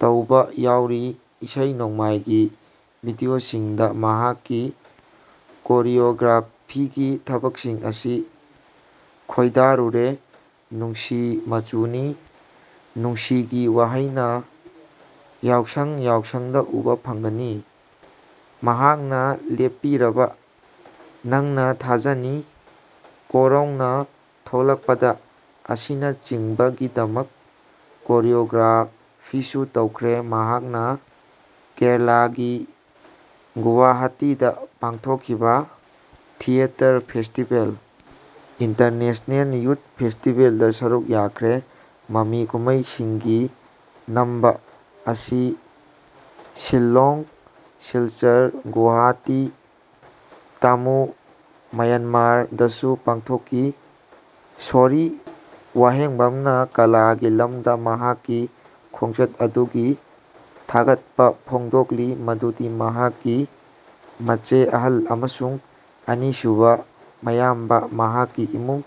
ꯇꯧꯕ ꯌꯥꯎꯔꯤ꯫ ꯏꯁꯩ ꯅꯣꯡꯃꯥꯏꯒꯤ ꯚꯤꯗꯤꯑꯣꯁꯤꯡꯗ ꯃꯍꯥꯛꯀꯤ ꯀꯣꯔꯤꯌꯣꯒ꯭ꯔꯥꯐꯤꯒꯤ ꯊꯕꯛꯁꯤꯡ ꯑꯁꯤ ꯈꯣꯏꯗꯥꯔꯨꯔꯦ, ꯅꯨꯡꯁꯤ ꯃꯆꯨꯅꯤ, ꯅꯨꯡꯁꯤꯒꯤ ꯋꯥꯍꯩꯅ, ꯌꯥꯎꯁꯡ ꯌꯥꯎꯁꯡꯗ ꯎꯕ ꯐꯪꯒꯅꯤ꯫ ꯃꯍꯥꯛꯅ ꯂꯦꯞꯄꯤꯔꯕ, ꯅꯪꯅ ꯊꯥꯖꯅꯤ, ꯀꯣꯔꯧꯅ ꯊꯣꯛꯂꯛꯄꯗ ꯑꯁꯤꯅꯆꯤꯡꯕꯒꯤꯗꯃꯛ ꯀꯣꯔꯤꯑꯣꯒ꯭ꯔꯥꯐꯤꯁꯨ ꯇꯧꯈ꯭ꯔꯦ꯫ ꯃꯍꯥꯛꯅ ꯀꯦꯔꯂꯥꯒꯤ ꯒꯨꯋꯥꯍꯥꯇꯤꯗ ꯄꯥꯡꯊꯣꯛꯈꯤꯕ ꯊꯤꯌꯦꯇꯔ ꯐꯦꯁꯇꯤꯚꯦꯜ, ꯏꯟꯇꯔꯅꯦꯁꯅꯦꯜ ꯌꯨꯊ ꯐꯦꯁꯇꯤꯚꯦꯜꯗ ꯁꯔꯨꯛ ꯌꯥꯈ꯭ꯔꯦ꯫ ꯃꯃꯤ ꯀꯨꯝꯍꯩꯁꯤꯡꯒꯤ ꯅꯝꯕ ꯑꯁꯤ ꯁꯤꯜꯂꯣꯡ, ꯁꯤꯜꯆꯔ, ꯒꯨꯋꯥꯍꯥꯇꯤ, ꯇꯥꯃꯨ (ꯃ꯭ꯌꯥꯟꯃꯥꯔ)ꯗꯁꯨ ꯄꯥꯡꯊꯣꯛꯈꯤ꯫ ꯁꯣꯔꯤ ꯋꯥꯍꯦꯡꯕꯝꯅ ꯀꯂꯥꯒꯤ ꯂꯝꯗ ꯃꯍꯥꯛꯀꯤ ꯈꯣꯡꯆꯠ ꯑꯗꯨꯒꯤ ꯊꯥꯒꯠꯄ ꯐꯣꯡꯗꯣꯛꯂꯤ ꯃꯗꯨꯗꯤ ꯃꯍꯥꯛꯀꯤ ꯃꯆꯦ ꯑꯍꯜ ꯑꯃꯁꯨꯡ ꯑꯅꯤꯁꯨꯕ ꯃꯌꯥꯝꯕ, ꯃꯍꯥꯛꯀꯤ ꯏꯃꯨꯡ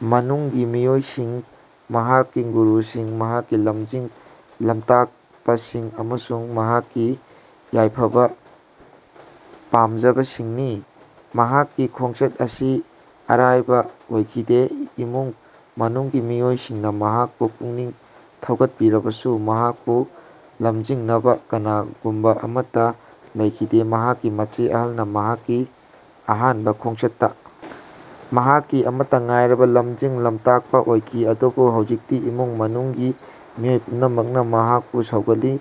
ꯃꯅꯨꯡꯒꯤ ꯃꯤꯑꯣꯏꯁꯤꯡ, ꯃꯍꯥꯛꯀꯤ ꯒꯨꯔꯨꯁꯤꯡ, ꯃꯍꯥꯛꯀꯤ ꯂꯝꯖꯤꯡ ꯂꯝꯇꯥꯛꯄꯁꯤꯡ ꯑꯃꯁꯨꯡ ꯃꯍꯥꯛꯀꯤ ꯌꯥꯏꯐꯕ ꯄꯥꯝꯖꯕꯁꯤꯡꯅꯤ꯫ ꯃꯍꯥꯛꯀꯤ ꯈꯣꯡꯆꯠ ꯑꯁꯤ ꯑꯔꯥꯏꯕ ꯑꯣꯏꯈꯤꯗꯦ꯫ ꯏꯃꯨꯡ ꯃꯅꯨꯡꯒꯤ ꯃꯤꯑꯣꯏꯁꯤꯡꯅ ꯃꯍꯥꯛꯄꯨ ꯄꯨꯛꯅꯤꯡ ꯊꯧꯒꯠꯄꯤꯔꯕꯁꯨ ꯃꯍꯥꯛꯄꯨ ꯂꯝꯖꯤꯡꯅꯕ ꯀꯅꯥꯒꯨꯝꯕ ꯑꯃꯠꯇ ꯂꯩꯈꯤꯗꯦ꯫ ꯃꯍꯥꯛꯀꯤ ꯃꯆꯦ ꯑꯍꯜꯅ ꯃꯍꯥꯛꯀꯤ ꯑꯍꯥꯟꯕ ꯈꯣꯡꯆꯠꯇ ꯃꯍꯥꯛꯀꯤ ꯑꯃꯠꯇ ꯉꯥꯏꯔꯕ ꯂꯝꯖꯤꯡ ꯂꯝꯇꯥꯛꯄ ꯑꯣꯏꯈꯤ ꯑꯗꯨꯕꯨ ꯍꯧꯖꯤꯛꯇꯤ ꯏꯃꯨꯡ ꯃꯅꯨꯡꯒꯤ ꯃꯤꯑꯣꯏ ꯄꯨꯝꯅꯃꯛꯅ ꯃꯍꯥꯛꯄꯨ ꯁꯧꯒꯠꯂꯤ꯫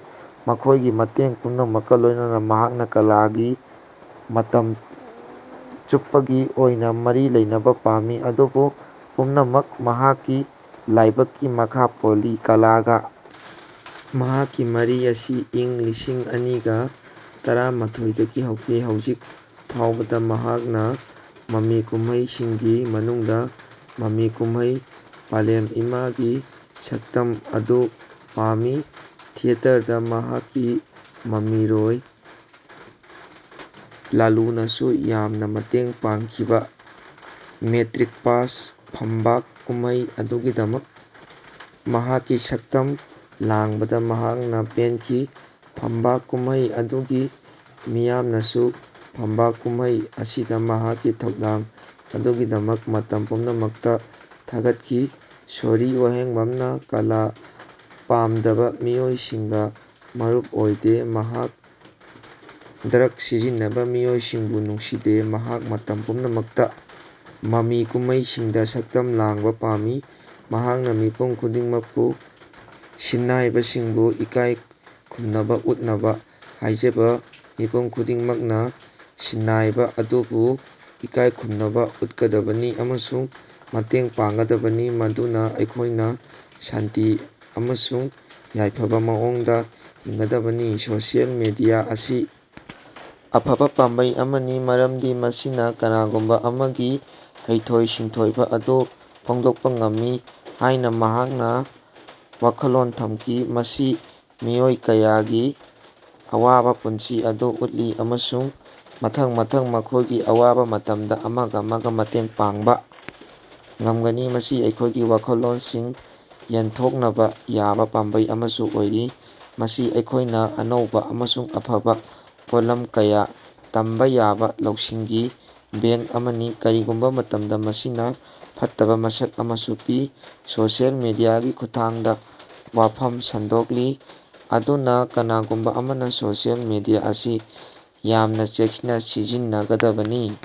ꯃꯈꯣꯏꯒꯤ ꯃꯇꯦꯡ ꯄꯨꯝꯅꯃꯛꯀ ꯂꯣꯏꯅꯅ ꯃꯍꯥꯛꯅ ꯀꯂꯥꯒ ꯃꯇꯝ ꯆꯨꯞꯄꯒꯤ ꯑꯣꯏꯅ ꯃꯔꯤ ꯂꯩꯅꯕ ꯄꯥꯝꯃꯤ꯫ ꯑꯗꯨꯕꯨ ꯄꯨꯝꯅꯃꯛ ꯃꯍꯥꯛꯀꯤ ꯂꯥꯏꯕꯛꯀꯤ ꯃꯈꯥ ꯄꯣꯜꯂꯤ꯫ ꯀꯂꯥꯒ ꯃꯍꯥꯛꯀꯤ ꯃꯔꯤ ꯑꯁꯤ ꯏꯪ ꯂꯤꯁꯤꯡ ꯑꯅꯤꯒ ꯇꯔꯥꯃꯥꯊꯣꯏꯗꯒꯤ ꯍꯧꯈꯤ꯫ ꯍꯧꯖꯤꯛ ꯐꯥꯎꯕꯗ ꯃꯍꯥꯛꯅ ꯃꯃꯤ ꯀꯨꯝꯍꯩꯁꯤꯡꯒꯤ ꯃꯅꯨꯡꯗ ꯃꯃꯤ ꯀꯨꯝꯍꯩ 'ꯄꯥꯂꯦꯝ ꯏꯃꯥ'ꯒꯤ ꯁꯛꯇꯝ ꯑꯗꯨ ꯄꯥꯝꯃꯤ꯫ ꯊꯤꯌꯦꯇꯔꯗ ꯃꯍꯥꯛꯀꯤ ꯃꯃꯤꯔꯣꯏ ꯂꯥꯂꯨꯅꯁꯨ ꯌꯥꯝꯅ ꯃꯇꯦꯡ ꯄꯥꯡꯈꯤꯕ 'ꯃꯦꯇ꯭ꯔꯤꯛ ꯄꯥꯁ' ꯐꯝꯕꯥꯛ ꯀꯨꯝꯍꯩ ꯑꯗꯨꯒꯤꯗꯃꯛ ꯃꯍꯥꯛꯀꯤ ꯁꯛꯇꯝ ꯂꯥꯡꯕꯗ ꯃꯍꯥꯛꯅ ꯄꯦꯟꯈꯤ꯫ ꯐꯝꯕꯥꯛ ꯀꯨꯝꯍꯩ ꯑꯗꯨꯒꯤ ꯃꯤꯌꯥꯝꯅꯁꯨ ꯐꯝꯕꯥꯛ ꯀꯨꯝꯍꯩ ꯑꯁꯤꯗ ꯃꯍꯥꯛꯀꯤ ꯊꯧꯗꯥꯡ ꯑꯗꯨꯒꯤꯗꯃꯛ ꯃꯇꯝ ꯄꯨꯝꯅꯃꯛꯇ ꯊꯥꯒꯠꯈꯤ꯫ ꯁꯣꯔꯤ ꯋꯥꯍꯦꯡꯕꯝꯅ ꯀꯂꯥ ꯄꯥꯝꯗꯕ ꯃꯤꯑꯣꯏꯁꯤꯡꯒ ꯃꯔꯨꯞ ꯑꯣꯏꯗꯦ꯫ ꯃꯍꯥꯛ ꯗ꯭ꯔꯒ ꯁꯤꯖꯤꯟꯅꯕ ꯃꯤꯑꯣꯏꯁꯤꯡꯕꯨ ꯅꯨꯡꯁꯤꯗꯦ꯫ ꯃꯍꯥꯛ ꯃꯇꯝ ꯄꯨꯝꯅꯃꯛꯇ ꯃꯃꯤ ꯀꯨꯝꯍꯩꯁꯤꯡꯗ ꯁꯛꯇꯝ ꯂꯥꯡꯕ ꯄꯥꯝꯃꯤ꯫ ꯃꯍꯥꯛꯅ ꯃꯤꯄꯨꯝ ꯈꯨꯗꯤꯡꯃꯛꯄꯨ ꯁꯤꯟꯅꯥꯏꯕꯁꯤꯡꯕꯨ ꯏꯀꯥꯏ ꯈꯨꯝꯅꯕ ꯎꯠꯅꯕ ꯍꯥꯏꯖ ꯃꯤꯄꯨꯝ ꯈꯨꯗꯤꯡꯃꯛꯅ ꯁꯤꯟꯅꯥꯏꯕ ꯑꯗꯨꯕꯨ ꯏꯀꯥꯏ ꯈꯨꯝꯅꯕ ꯎꯠꯀꯗꯕꯅꯤ ꯑꯃꯁꯨꯡ ꯃꯇꯦꯡ ꯄꯥꯡꯒꯗꯕꯅꯤ ꯃꯗꯨꯅ ꯑꯩꯈꯣꯏꯅ ꯁꯥꯟꯇꯤ ꯑꯃꯁꯨꯡ ꯌꯥꯏꯐꯕ ꯃꯑꯣꯡꯗ ꯍꯤꯡꯒꯗꯕꯅꯤ꯫ ꯁꯣꯁꯤꯌꯦꯜ ꯃꯤꯗꯤꯌꯥ ꯑꯁꯤ ꯑꯐꯕ ꯄꯥꯝꯕꯩ ꯑꯃꯅꯤ ꯃꯔꯝꯗꯤ ꯃꯁꯤꯅ ꯀꯅꯥꯒꯨꯝꯕ ꯑꯃꯒꯤ ꯍꯩꯊꯣꯏ ꯁꯤꯡꯊꯣꯏꯕ ꯑꯗꯨ ꯐꯣꯡꯗꯣꯛꯄ ꯉꯝꯃꯤ ꯍꯥꯏꯅ ꯃꯍꯥꯛꯅ ꯋꯥꯈꯜꯂꯣꯟ ꯊꯝꯈꯤ꯫ ꯃꯁꯤꯅ ꯃꯤꯑꯣꯏ ꯀꯌꯥꯒꯤ ꯑꯋꯥꯕ ꯄꯨꯟꯁꯤ ꯑꯗꯨ ꯎꯠꯂꯤ ꯑꯃꯁꯨꯡ ꯃꯊꯪ ꯃꯊꯪ ꯃꯈꯣꯏꯒꯤ ꯑꯋꯥꯕ ꯃꯇꯝꯗ ꯑꯃꯒ ꯑꯃꯒ ꯃꯇꯦꯡ ꯄꯥꯡꯕ ꯉꯝꯒꯅꯤ꯫ ꯃꯁꯤ ꯑꯩꯈꯣꯏꯒꯤ ꯋꯥꯈꯜꯂꯣꯟꯁꯤꯡ ꯌꯦꯟꯊꯣꯛꯅꯕ ꯌꯥꯕ ꯄꯥꯝꯕꯩ ꯑꯃꯁꯨ ꯑꯣꯏꯔꯤ꯫ ꯃꯁꯤ ꯑꯩꯈꯣꯏꯅ ꯑꯅꯧꯕ ꯑꯃꯁꯨꯡ ꯑꯐꯕ ꯄꯣꯠꯂꯝ ꯀꯌꯥ ꯇꯝꯕ ꯌꯥꯕ ꯂꯧꯁꯤꯡꯒꯤ ꯕꯦꯡꯛ ꯑꯃꯅꯤ꯫ ꯀꯔꯤꯒꯨꯝꯕ ꯃꯇꯝꯗ ꯃꯁꯤꯅ ꯐꯠꯇꯕ ꯃꯁꯛ ꯑꯃꯁꯨ ꯄꯤ꯫ ꯁꯣꯁꯤꯌꯦꯜ ꯃꯤꯗꯤꯌꯥꯒꯤ ꯈꯨꯠꯊꯥꯡꯗ ꯋꯥꯐꯝ ꯁꯟꯗꯣꯛꯂꯤ꯫ ꯑꯗꯨꯅ ꯀꯅꯥꯒꯨꯝꯕ ꯑꯃꯅ ꯁꯣꯁꯤꯌꯦꯜ ꯃꯤꯗꯤꯌꯥ ꯑꯁꯤ ꯌꯥꯝꯅ ꯆꯦꯛꯁꯤꯟꯅ ꯁꯤꯖꯤꯟꯅꯒꯗꯕꯅꯤ